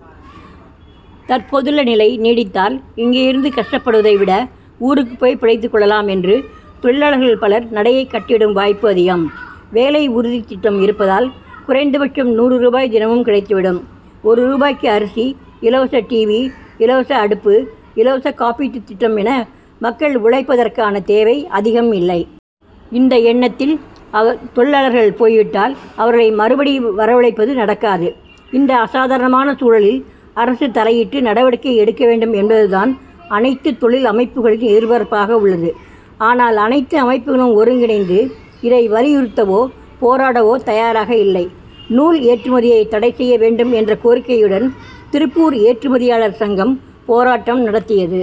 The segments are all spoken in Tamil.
வேண்டியுள்ளது. தற்போதுள்ள நிலை நீடித்தால், இங்கேயிருந்து கஷ்டப்படுவதை விட, ஊருக்குப் போய் பிழைத்துக் கொள்ளலாம் என்று தொழிலாளர்கள் பலர் நடையைக் கட்டி விடும் வாய்ப்பு அதிகம். வேலை உறுதித் திட்டம் இருப்பதால், குறைந்தபட்சம் நூறு ரூபாய் தினமும் கிடைத்து விடும். ஒரு ரூபாய்க்கு அரிசி, இலவச டிவி, இலவச அடுப்பு, இலவச காப்பீட்டுத் திட்டம் என, மக்கள் உழைப்பதற்கான தேவை அதிகமில்லை. இந்த எண்ணத்தில் தொழிலாளர்கள் போய் விட்டால், அவர்களை மறுபடி வரவழைப்பது நடக்காது. இந்த அசாதாரணமான சூழலில் அரசு தலையிட்டு நடவடிக்கை எடுக்க வேண்டும் என்பதுதான் அனைத்து தொழில் அமைப்புகளின் எதிர்பார்ப்பாகவுள்ளது. ஆனால், அனைத்து அமைப்புகளும் ஒருங்கிணைந்து, இதை வலியுறுத்தவோ, போராடவோ தயாராகயில்லை. நூல் ஏற்றுமதியைத் தடை செய்ய வேண்டும் என்ற கோரிக்கையுடன், திருப்பூர் ஏற்றுமதியாளர் சங்கம் போராட்டம் நடத்தியது.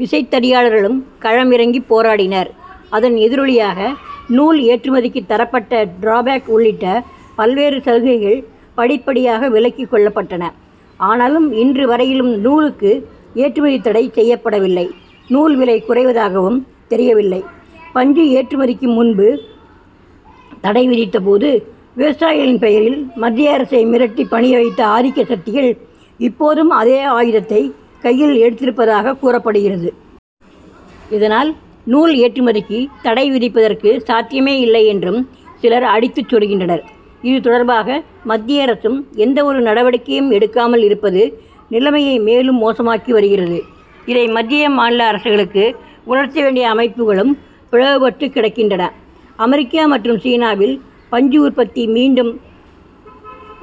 விசைத்தறியாளர்களும் களம் இறங்கிப் போராடினர். அதன் எதிரொலியாக, நூல் ஏற்றுமதிக்கு தரப்பட்ட டிராபேக் உள்ளிட்ட பல்வேறு சலுகைகள் படிப்படியாக விலக்கிக் கொள்ளப்பட்டன. ஆனாலும், இன்று வரையிலும் நூலுக்கு ஏற்றுமதி தடை செய்யப்படவில்லை; நூல் விலை குறைவதாகவும் தெரியவில்லை. பஞ்சு ஏற்றுமதிக்கு முன்பு தடை விதித்தபோது, விவசாயிகளின் பெயரில் மத்திய அரசை மிரட்டிப் பணிய வைத்த ஆதிக்க சக்திகள், இப்போதும் அதே ஆயுதத்தைக் கையில் எடுத்திருப்பதாகக் கூறப்படுகிறது. இதனால், நூல் ஏற்றுமதிக்கு தடை விதிப்பதற்கு சாத்தியமேயில்லை என்றும் சிலர் அடித்துச் சொல்கின்றனர். இது தொடர்பாக மத்திய அரசும் எந்த ஒரு நடவடிக்கையும் எடுக்காமல் இருப்பது, நிலைமையை மேலும் மோசமாக்கி வருகிறது. இதை மத்திய, மாநில அரசுகளுக்கு உணர்த்தவேண்டிய அமைப்புகளும் பிளவு பட்டுக்கிடக்கின்றன. அமெரிக்கா மற்றும் சீனாவில் பஞ்சு உற்பத்தி மீண்டும்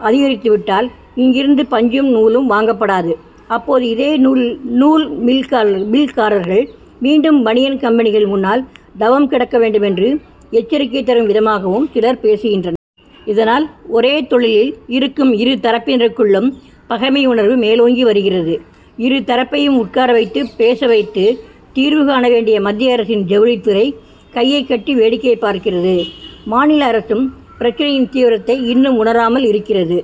அதிகரித்து விட்டால், இங்கிருந்து பஞ்சும், நூலும் வாங்கப்படாது, அப்போது இதே நூல் மில்காரர்கள் மீண்டும் பனியன் கம்பெனிகள் முன்னால் தவம் கிடக்க வேண்டுமென்று எச்சரிக்கை தரும் விதமாகவும் சிலர் பேசுகின்றனர். இதனால், ஒரே தொழிலில் இருக்கும் இரு தரப்பினருக்குள்ளும் பகைமை உணர்வு மேலோங்கி வருகிறது. இரு தரப்பையும் உட்கார வைத்துப் பேச வைத்து, தீர்வு காண வேண்டிய மத்திய அரசின் ஜவுளித்துறை, கையைக் கட்டி வேடிக்கை பார்க்கிறது. மாநில அரசும், பிரச்னையின் தீவிரத்தை இன்னும் உணராமல் இருக்கிறது.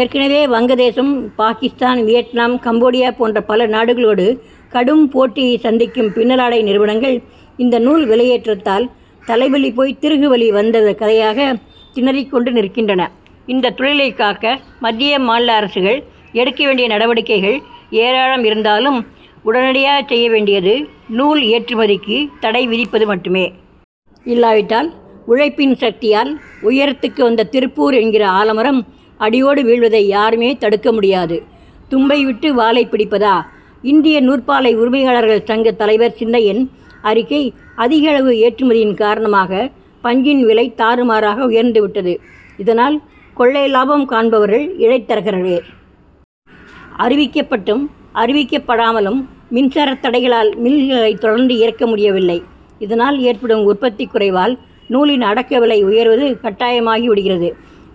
ஏற்கனவே, வங்கதேசம், பாகிஸ்தான், வியட்நாம், கம்போடியா போன்ற பல நாடுகளோடு கடும் போட்டியைச் சந்திக்கும் பின்னலாடை நிறுவனங்கள், இந்த நூல் விலையேற்றத்தால் தலைவலி போய் திருகுவலி வந்த கதையாக திணறிக் கொண்டு நிற்கின்றன. இந்த தொழிலைக் காக்க மத்திய, மாநில அரசுகள் எடுக்க வேண்டிய நடவடிக்கைகள் ஏராளம் இருந்தாலும், உடனடியாகச்செய்ய வேண்டியது, நூல் ஏற்றுமதிக்கு தடை விதிப்பது மட்டுமே. இல்லாவிட்டால், உழைப்பின் சக்தியால் உயரத்துக்கு வந்த திருப்பூர் என்கிற ஆலமரம், அடியோடு வீழ்வதை யாருமே தடுக்க முடியாது. தும்பை விட்டு வாலை பிடிப்பதா? இந்திய நூற்பாலை உரிமையாளர்கள் சங்க தலைவர் சின்னையன் அறிக்கைஅதிக அளவு ஏற்றுமதியின் காரணமாக பஞ்சின் விலை தாறுமாறாக உயர்ந்து விட்டது. இதனால், கொள்ளை லாபம் காண்பவர்கள் இடைத்தரகர்களே. அறிவிக்கப்பட்டும், அறிவிக்கப்படாமலும் மின்சார தடைகளால் மில்களை தொடர்ந்து இயக்க முடியவில்லை. இதனால் ஏற்படும் உற்பத்தி குறைவால், நூலின் அடக்க விலை உயர்வது கட்டாயமாகி விடுகிறது.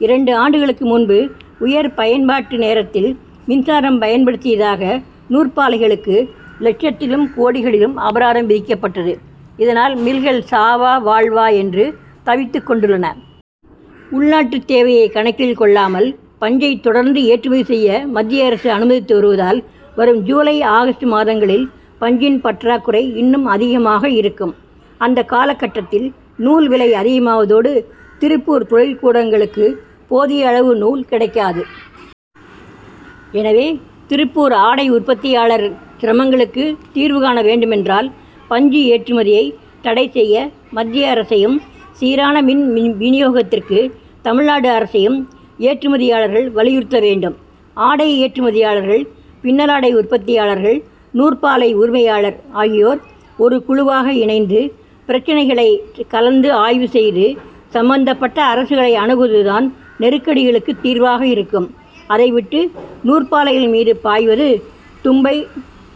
இரண்டு ஆண்டுகளுக்கு முன்பு உயர் பயன்பாட்டு நேரத்தில் மின்சாரம் பயன் படுத்தியதாக நூற்பாலைகளுக்கு லட்சத்திலும், கோடிகளிலும் அபராதம் விதிக்கப்பட்டது. இதனால் மில்கள் சாவா, வாழ்வா என்று தவித்துக் கொண் டுள்ளன. உள்நாட்டு தேவையை கணக்கில் கொள்ளாமல், பஞ்சை தொடர்ந்து ஏற்றுமதி செய்ய மத்திய அரசு அனுமதித்து வருவதால், வரும் ஜூலை, ஆகஸ்ட் மாதங்களில் பஞ்சின் பற்றாக்குறை இன்னும் அதிகமாக இருக்கும். அந்த காலகட்டத்தில் நூல் விலை அதிகமாவதோடு, திருப்பூர் தொழில் கூடங்களுக்கு போதிய அளவு நூல் கிடைக்காது. எனவே, திருப்பூர் ஆடை உற்பத்தியாளர் சிரமங்களுக்கு தீர்வு காண வேண்டுமென்றால் பஞ்சு ஏற்றுமதியை தடை செய்ய மத்திய அரசையும், சீரான மின் விநியோகத்திற்கு தமிழ்நாடு அரசையும் ஏற்றுமதியாளர்கள் வலியுறுத்த வேண்டும். ஆடை ஏற்றுமதியாளர்கள், பின்னலாடை உற்பத்தியாளர்கள், நூற்பாலை உரிமையாளர் ஆகியோர் ஒரு குழுவாக இணைந்து பிரச்னைகளை கலந்து ஆய்வு செய்து சம்பந்தப்பட்ட அரசுகளை அணுகுவதுதான் நெருக்கடிகளுக்கு தீர்வாக இருக்கும். அதை விட்டு நூற்பாலைகளின் மீது பாய்வது தும்பை